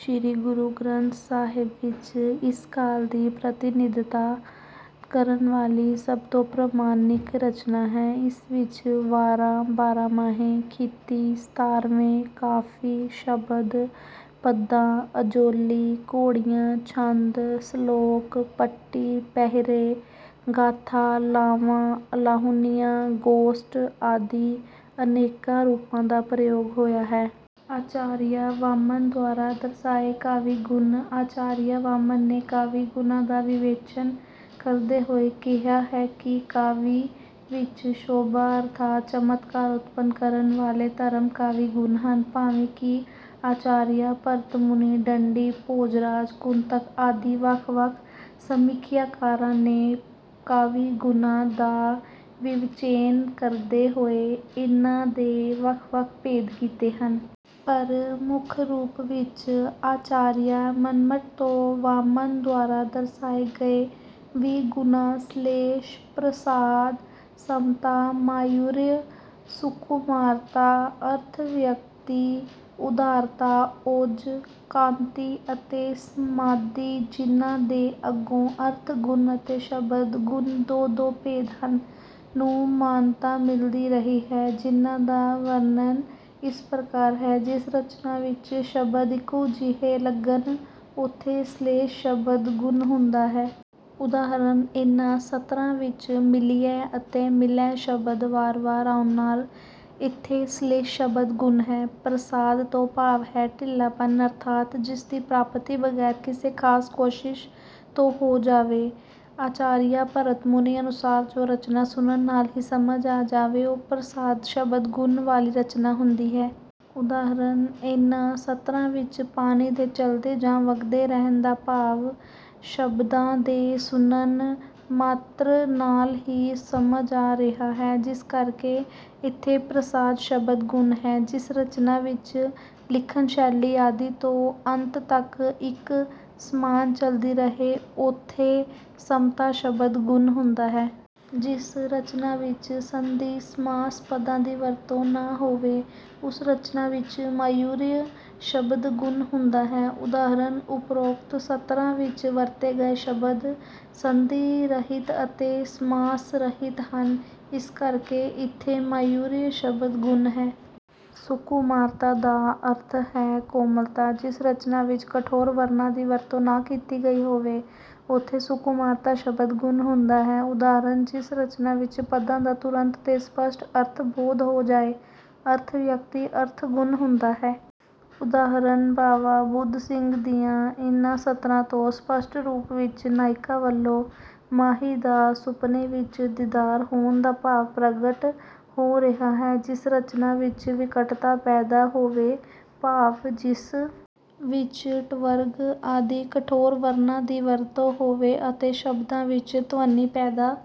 ਸ੍ਰੀ ਗੁਰੂ ਗ੍ਰੰਥ ਸਾਹਿਬ ਵਿੱਚ ਇਸ ਕਾਲ ਦੀ ਪ੍ਰਤੀਨਿਧਤਾ ਕਰਨ ਵਾਲੀ ਸਭ ਤੋਂ ਪ੍ਰਮਾਣਿਕ ਰਚਨਾ ਹੈ। ਇਸ ਵਿੱਚ ਵਾਰਾਂ, ਬਾਰਾਮਾਹੇ, ਖਿਤੀ, ਸਤਾਰਵੇ, ਕਾਫੀ, ਸ਼ਬੱਦ, ਪਦਾਂ, ਅਜੋਲੀ, ਘੋੜੀਆਂ, ਛੰਦ, ਸਲੋਕ, ਪਟੀ, ਪਹਿਰੇ, ਗਾਥਾ, ਲਾਵਾਂ, ਅਲਾਹੁਣੀਆਂ, ਗੋਸਟ ਆਦਿ ਅਨੇਕਾਂ ਰੂਪਾਂ ਦਾ ਪ੍ਰਯੋਗ ਹੋਇਆ ਹੈ। ਆਚਾਰੀਆ ਵਾਮਨ ਦੁਆਰਾ ਦਰਸਾਏ ਕਾਵਿ-ਗੁਣ ਆਚਾਰੀਆ ਵਾਮਨ ਨੇ ਕਾਵਿ-ਗੁਣਾਂ ਦਾ ਵਿਵੇਚਨ ਕਰਦੇ ਹੋਏ ਕਿਹਾ ਹੈ ਕਿ ਕਾਵਿ ਵਿੱਚ ਸ਼ੋਭਾ ਅਰਥਾਤ ਚਮਤਕਾਰ ਉਤਪੰਨ ਕਰਨ ਵਾਲੇ ਧਰਮ ਕਾਵਿ-ਗੁਣ ਹਨ। ਭਾਵੇਂ ਕਿ ਆਚਾਰੀਆ ਭਰਤ ਮੁਨੀ, ਦੰਡੀ, ਭੋਜ ਰਾਜ, ਕੁੰਤਕ ਆਦਿ ਵੱਖ-ਵੱਖ ਸਮੀਖਿਆਕਾਰਾਂ ਨੇ ਕਾਵਿ-ਗੁਣਾਂ ਦਾ ਵਿਵਚੇਨ ਕਰਦੇ ਹੋਏ ਇਨ੍ਹਾਂ ਦੇ ਵੱਖ-ਵੱਖ ਭੇਦ ਕੀਤੇ ਹਨ। ਪਰ ਮੁੱਖ ਰੂਪ ਵਿੱਚ ਆਚਾਰੀਆ ਮੰਮਟ ਤੋਂ ਵਾਮਨ ਦੁਆਰਾ ਦਰਸਾਏ ਗਏ ਵੀਹ ਗੁਣਾਂ- ਸ਼ੇਲਸ਼, ਪ੍ਰਸਾਦ, ਸਮਤਾ, ਮਾਧੁਰਯ, ਸੁਕੁਮਾਰਤਾ, ਅਰਥ-ਵਿਅਕਤੀ, ਉਦਾਰਤਾ, ਓਜ, ਕਾਂਤੀ ਅਤੇ ਸਮਾਧੀ, ਜਿਨ੍ਹਾਂ ਦੇ ਅੱਗੋਂ ਅਰਥ ਗੁਣ ਅਤੇ ਸ਼ਬਦ ਗੁਣ ਦੋ-ਦੋ ਭੇਦ ਹਨ, ਨੂੰ ਮਾਨਤਾ ਮਿਲਦੀ ਰਹੀ ਹੈ, ਜਿਨ੍ਹਾਂ ਦਾ ਵਰਣਨ ਇਸ ਪ੍ਰਕਾਰ ਹੈ— ਜਿਸ ਰਚਨਾ ਵਿੱਚ ਸ਼ਬਦ ਇੱਕੋ ਜਿਹੇ ਲੱਗਣ, ਉਥੇ ਸ਼ਲੇਸ਼ ਸ਼ਬਦ ਗੁਣ ਹੁੰਦਾ ਹੈ। ਉਦਾਹਰਣ- ਇਨ੍ਹਾਂ ਸਤਰਾਂ ਵਿੱਚ 'ਮਿਲਿਐ' ਅਤੇ 'ਮਿਲੈ' ਸ਼ਬਦ ਵਾਰ-ਵਾਰ ਆਉਣ ਨਾਲ ਇਥੇ ਸ਼ਲੇਸ਼ ਸ਼ਬਦ ਗੁਣ ਹੈ। ਪ੍ਰਸਾਦ ਤੋਂ ਭਾਵ ਹੈ ਢਿੱਲਾਪਣ ਅਰਥਾਤ ਜਿਸ ਦੀ ਪ੍ਰਾਪਤੀ ਬਗ਼ੈਰ ਕਿਸੇ ਖਾਸ ਕੋਸ਼ਿਸ਼ ਤੋਂ ਹੋ ਜਾਵੇ। ਆਚਾਰੀਆ ਭਰਤ ਮੁਨੀ ਅਨੁਸਾਰ ਜੋ ਰਚਨਾ ਸੁਣਨ ਨਾਲ ਹੀ ਸਮਝ ਆ ਜਾਵੇ ਉਹ ਪ੍ਰਸਾਦ ਸ਼ਬਦ ਗੁਣ ਵਾਲੀ ਰਚਨਾ ਹੁੰਦੀ ਹੈ। ਉਦਾਹਰਣ- ਇਨ੍ਹਾਂ ਸਤਰਾਂ ਵਿੱਚ ਪਾਣੀ ਦੇ ਚਲਦੇ ਜਾਂ ਵਗਦੇ ਰਹਿਣ ਦਾ ਭਾਵ ਸ਼ਬਦਾਂ ਦੇ ਸੁਣਨ ਮਾਤ੍ਰ ਨਾਲ ਹੀ ਸਮਝ ਆ ਰਿਹਾ ਹੈ, ਜਿਸ ਕਰਕੇ ਇਥੇ ਪ੍ਰਸਾਦ ਸ਼ਬਦ ਗੁਣ ਹੈ। ਜਿਸ ਰਚਨਾ ਵਿੱਚ ਲਿਖਣ ਸ਼ੈਲੀ ਆਦਿ ਤੋਂ ਅੰਤ ਤੱਕ ਇੱਕ ਸਮਾਨ ਚਲਦੀ ਰਹੇ ਉਥੇ ਸਮਤਾ ਸ਼ਬਦ ਗੁਣ ਹੁੰਦਾ ਹੈ। ਜਿਸ ਰਚਨਾ ਵਿੱਚ ਸੰਧੀ-ਸਮਾਸ ਪਦਾਂ ਦੀ ਵਰਤੋਂ ਨਾ ਹੋਵੇ ਉਸ ਰਚਨਾ ਵਿੱਚ ਮਾਧੁਰਯ ਸ਼ਬਦ ਗੁਣ ਹੁੰਦਾ ਹੈ। ਉਦਾਹਰਣ- ਓਪਰੋਕਤ ਸਤਰਾਂ ਵਿੱਚ ਵਰਤੇ ਗਏ ਸ਼ਬਦ ਸੰਧੀ ਰਹਿਤ ਅਤੇ ਸਮਾਸ ਰਹਿਤ ਹਨ ਇਸ ਕਰਕੇ ਇਥੇ ਮਾਧੁਰਯ ਸ਼ਬਦ ਗੁਣ ਹੈ। ਸੁਕੁਮਾਰਤਾ ਦਾ ਅਰਥ ਹੈ ਕੋਮਲਤਾ। ਜਿਸ ਰਚਨਾ ਵਿੱਚ ਕਠੋਰ ਵਰਣਾਂ ਦੀ ਵਰਤੋਂ ਨਾ ਕੀਤੀ ਗਈ ਹੋਵੇ ਉਥੇ ਸੁਕੁਮਾਰਤਾ ਸ਼ਬਦ ਗੁਣ ਹੁੰਦਾ ਹੈ। ਉਦਾਹਰਣ- ਜਿਸ ਰਚਨਾ ਵਿੱਚ ਪਦਾਂ ਦਾ ਤੁਰੰਤ ਤੇ ਸਪਸ਼ਟ ਅਰਥ ਬੋਧ ਹੋ ਜਾਏ, ਅਰਥ-ਵਿਅਕਤੀ ਅਰਥ ਗੁਣ ਹੁੰਦਾ ਹੈ। ਉਦਾਹਰਣ- ਬਾਵਾ ਬੁੱਧ ਸਿੰਘ ਦੀਆਂ ਇਨ੍ਹਾਂ ਸਤਰਾਂ ਤੋਂ ਸਪਸ਼ਟ ਰੂਪ ਵਿੱਚ ਨਾਇਕਾ ਵੱਲੋਂ ਮਾਹੀ ਦਾ ਸੁਪਨੇ ਵਿੱਚ ਦੀਦਾਰ ਹੋਣ ਦਾ ਭਾਵ ਪ੍ਰਗਟ ਹੋ ਰਿਹਾ ਹੈ। ਜਿਸ ਰਚਨਾ ਵਿੱਚ ਵਿਕਟਤਾ ਪੈਦਾ ਹੋਵੇ, ਭਾਵ ਜਿਸ ਵਿੱਚ ਟਵਰਗ ਆਦਿ ਕਠੋਰ ਵਰਣਾਂ ਦੀ ਵਰਤੋਂ ਹੋਵੇ ਅਤੇ ਸ਼ਬਦਾਂ ਵਿੱਚ ਧ੍ਵਨੀ ਪੈਦਾ